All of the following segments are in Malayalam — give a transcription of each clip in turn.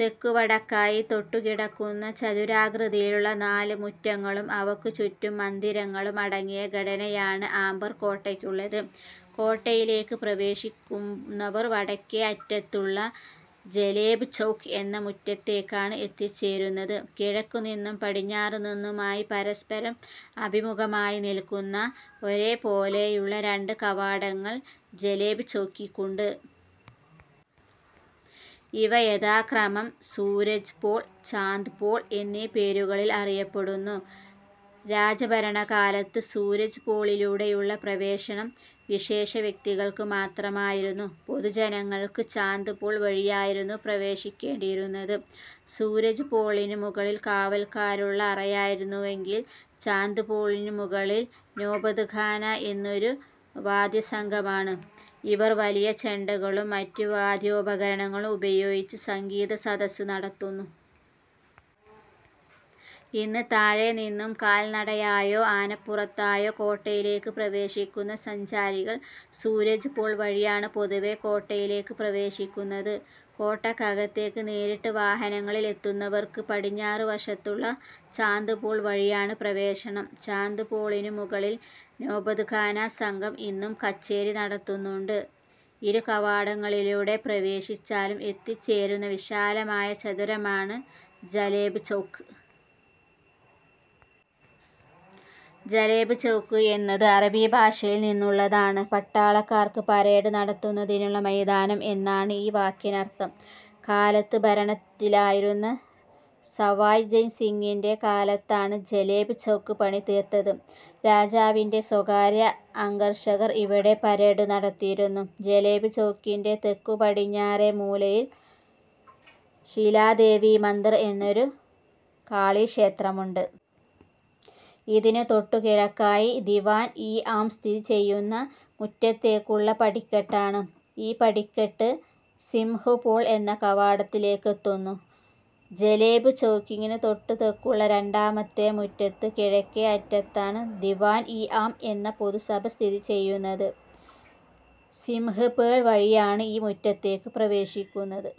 തെക്കുവടക്കായി തൊട്ടുകിടക്കുന്ന ചതുരാകൃതിയിലുള്ള നാല് മുറ്റങ്ങളും അവക്കു ചുറ്റും മന്ദിരങ്ങളും അടങ്ങിയ ഘടനയാണ് ആംബർ കോട്ടക്കുള്ളത്. കോട്ടയിലേക്ക് പ്രവേശിക്കുന്നവർ വടക്കേ അറ്റത്തുള്ള ജലേബ് ചൗക്ക് എന്ന മുറ്റത്തേക്കാണ് എത്തിച്ചേരുന്നത്. കിഴക്കു നിന്നും പടിഞ്ഞാറു നിന്നുമായി പരസ്പരം അഭിമുഖമായി നിൽക്കുന്ന ഒരോപോലെയുള്ള രണ്ട് കവാടങ്ങൾ ജലേബ് ചൗക്കിനുണ്ട്. ഇവ യഥാക്രമം സൂരജ് പോൾ, ചാന്ദ് പോൾ എന്നീ പേരുകളീൽ അറിയപ്പെടുന്നു. രാജഭരണകാലത്ത് സൂരജ് പോളിലൂടെയുള്ള പ്രവേശനം വിശേഷവ്യക്തികൾക്കു മാത്രമായിരുന്നു. പൊതുജനങ്ങൾക്ക് ചാന്ദ് പോൾ വഴിയായിരുന്നു പ്രവേശിക്കേണ്ടീയിരുന്നത്. സൂരജ് പോളിനു മുകളിൽ കാവൽക്കാർക്കുള്ള അറയായിരുന്നെങ്കിൽ ചാന്ദ് പോളിനു മുകളിൽ നോബത്ഖാന എന്ന ഒരു വാദ്യസംഘമാണ്. ഇവർ വലിയ ചെണ്ടകളും മറ്റു വാദ്യോപകരണങ്ങളും ഉപയോഗിച്ച് സംഗീതസദസ്സ് നടത്തുന്നു. ഇന്ന് താഴെ നിന്ന് കാൽനടയായോ, ആനപ്പുറത്തേറിയോ കോട്ടയിലേക്ക് പ്രവേശിക്കുന്ന സഞ്ചാരികൾ സൂരജ് പോൾ വഴിയാണ് പൊതുവേ കോട്ടയിലേക്ക് പ്രവേശിക്കുന്നത്. കോട്ടക്കകത്തേക്ക് നേരിട്ട് വാഹനങ്ങളിൽ എത്തുന്നവർക്ക് പടിഞ്ഞാറുവശത്തുള്ള ചാന്ദ് പോൾ വഴിയാണ് പ്രവേശനം. ചാന്ദ് പോളിനു മുകളിൽ നോബത്ഖാന സംഘം, ഇന്നും കച്ചേരി നടത്തുന്നുണ്ട്. ഇരുകവാടങ്ങളിലൂടെ പ്രവേശിച്ചാലും എത്തിച്ചേരുന്ന വിശാലമായ ചതുരമാണ് ജലേബ് ചൗക്ക്. ജലേബ് ചൗക്ക് എന്നത് അറബിഭാഷയിൽ നിന്നുള്ളതാണ്. പട്ടാളക്കാർക്ക് പരേഡ് നടത്തുന്നതിനുള്ള മൈതാനം എന്നാണ് ഈ വാക്കിനർത്ഥം. കാലത്ത് ഭരണത്തിലിരുന്ന സവായ് ജയ് സിങ്ങിന്റെ കാലത്താണ് ജലേബ് ചൗക്ക് പണി തീർത്തത്. രാജാവിന്റെ സ്വകാര്യ അംഗരക്ഷകർ ഇവിടെ പരേഡ് നടത്തിയിരുന്നു. ജലേബ് ചൗക്കിന്റെ തെക്കുപടിഞ്ഞാറെ മൂലയിൽ ശീലാദേവി മന്ദിർ എന്ന ഒരു കാളീക്ഷേത്രമുണ്ട്. ഇതിന് തൊട്ടുകിഴക്കായി ദിവാൻ-ഇ ആം സ്ഥിതി ചെയ്യുന്ന മുറ്റത്തേക്കുള്ള പടിക്കെട്ടാണ്. ഈ പടിക്കെട്ട്, സിംഹ് പോൾ എന്ന കവാടത്തിലേക്കെത്തുന്നു. ജലേബ് ചൗക്കിന് തൊട്ട് തെക്കുള്ള രണ്ടാമത്തെ മുറ്റത്ത് കിഴക്കേ അറ്റത്താണ് ദിവാൻ ഇ ആം എന്ന പൊതുസഭ സ്ഥിതി ചെയ്യുന്നത്. സിംഹ് പോൾ വഴിയാണ് ഈ മുറ്റത്തേക്ക് പ്രവേശിക്കുന്നത്.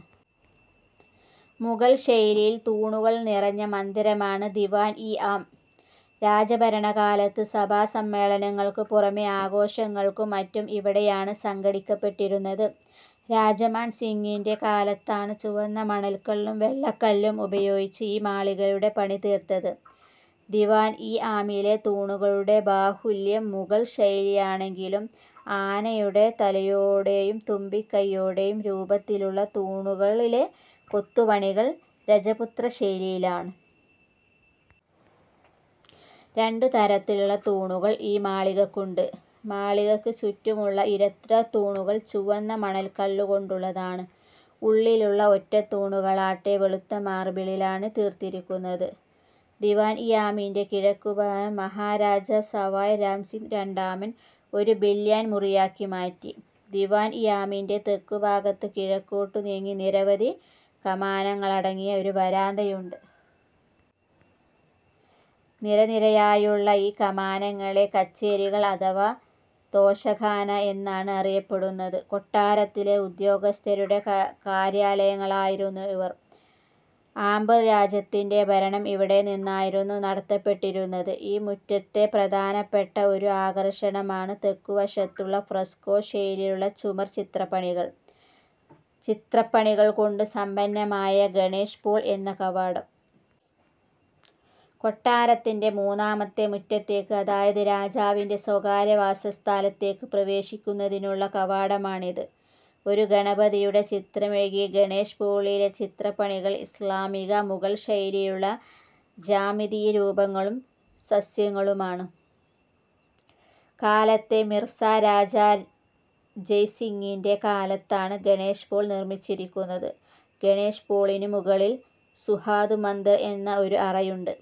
മുഗൾ ശൈലിയിൽ തൂണുകൾ നിറഞ്ഞ മന്ദിരമാണ് ദിവാൻ ഇ ആം. രാജഭരണകാലത്ത് സഭാസമ്മേളനങ്ങൾക്കു പുറമേ ആഘോഷങ്ങളും മറ്റും ഇവിടെയാണ് സംഘടിപ്പിക്കപ്പെട്ടിരുന്നത്. രാജ മാൻ സിങ്ങിന്റെ കാലത്താണ് ചുവന്ന മണൽക്കല്ലും വെണ്ണക്കല്ലും ഉപയോഗിച്ച് ഈ മാളികയുടെ പണി തീർത്തത്. ദിവാൻ ഇ ആമിലെ തൂണുകളുടെ ബാഹുല്യം മുഗൾ ശൈലിയാണെങ്കിലും, ആനയുടെ തലയുടേയും തുമ്പിക്കൈയുംടേയും രൂപത്തിലുള്ള, തൂണുകളിലെ കൊത്തുപണികൾ രജപുത്രശൈലിയിലാണ്. രണ്ടു തരത്തിലുള്ള തൂണുകൾ ഈ മാളികക്കുണ്ട്. മാളികക്ക് ചുറ്റുമുള്ള ഇരട്ടത്തൂണുകൾ ചുവന്ന മണൽക്കല്ലുകൊണ്ടുള്ളതാണ്. ഉള്ളിലുള്ള ഒറ്റത്തൂണുകളാകട്ടെ, വെളുത്ത മാർബിളിലാണ് തീർത്തിരിക്കുന്നത്. ദിവാൻ ഇ ആമിന്റെ കിഴക്കുഭാഗം, മഹാരാജ സവായ് രാംസിങ് രണ്ടാമൻ, ഒരു ബില്യാർഡ് മുറിയാക്കി മാറ്റി. ദിവാൻ ഇ ആമിന്റെ തെക്കുഭാഗത്ത് കിഴക്കോട്ട് നീങ്ങി നിരവധി കമാനങ്ങളടങ്ങിയ ഒരു വരാന്തയുണ്ട്. നിരനിരയായുള്ള ഈ കമാനങ്ങളെ കച്ചേരികൾ അഥവാ തോശഖാന എന്നാണ് അറിയപ്പെട്ടിരുന്നത്. കൊട്ടാരത്തിലെ ഉദ്യോഗസ്ഥരുടെ കാര്യാലയങ്ങളായിരുന്നു ഇവ. ആംബർ രാജ്യത്തിന്റെ ഭരണം ഇവിടെ നിന്നായിരുന്നു നടത്തപ്പെട്ടിരുന്നത്. ഈ മുറ്റത്തെ പ്രധാനപ്പെട്ട ഒരു ആകർഷണമാണ് തെക്കുവശത്തുള്ള ഫ്രസ്കോ ശൈലിയിലുള്ള ചുമർചിത്രപ്പണികൾ കൊണ്ട് സമ്പന്നമായ ഗണേശ് പോൾ എന്ന കവാടം. കൊട്ടാരത്തിന്റെ മൂന്നാമത്തെ മുറ്റത്തേക്ക് അതായത് രാജാവിന്റെ സ്വകാര്യവാസസ്ഥലത്തേക്ക് പ്രവേശിക്കുന്നതിനുള്ള കവാടമാണിത്. ഒരു ഗണപതിയുടെ ചിത്രമൊഴികെ ഗണേശ് പോളിലെ ചിത്രപ്പണികൾ ഇസ്ലാമിക/മുഗൾ ശൈലിയിലുള്ള ജ്യാമിതീയരൂപങ്ങളും സസ്യങ്ങളുമാണ്. കാലത്തെ മിർസ രാജ ജയ് സിങ്ങിന്റെ കാലത്താണ് ഗണേശ് പോൾ നിർമ്മിച്ചിരിക്കുന്നത്. ഗണേശ് പോളിന് മുകളിൽ സുഹാഗ് മന്ദിർ എന്ന ഒരു അറയുണ്ട്.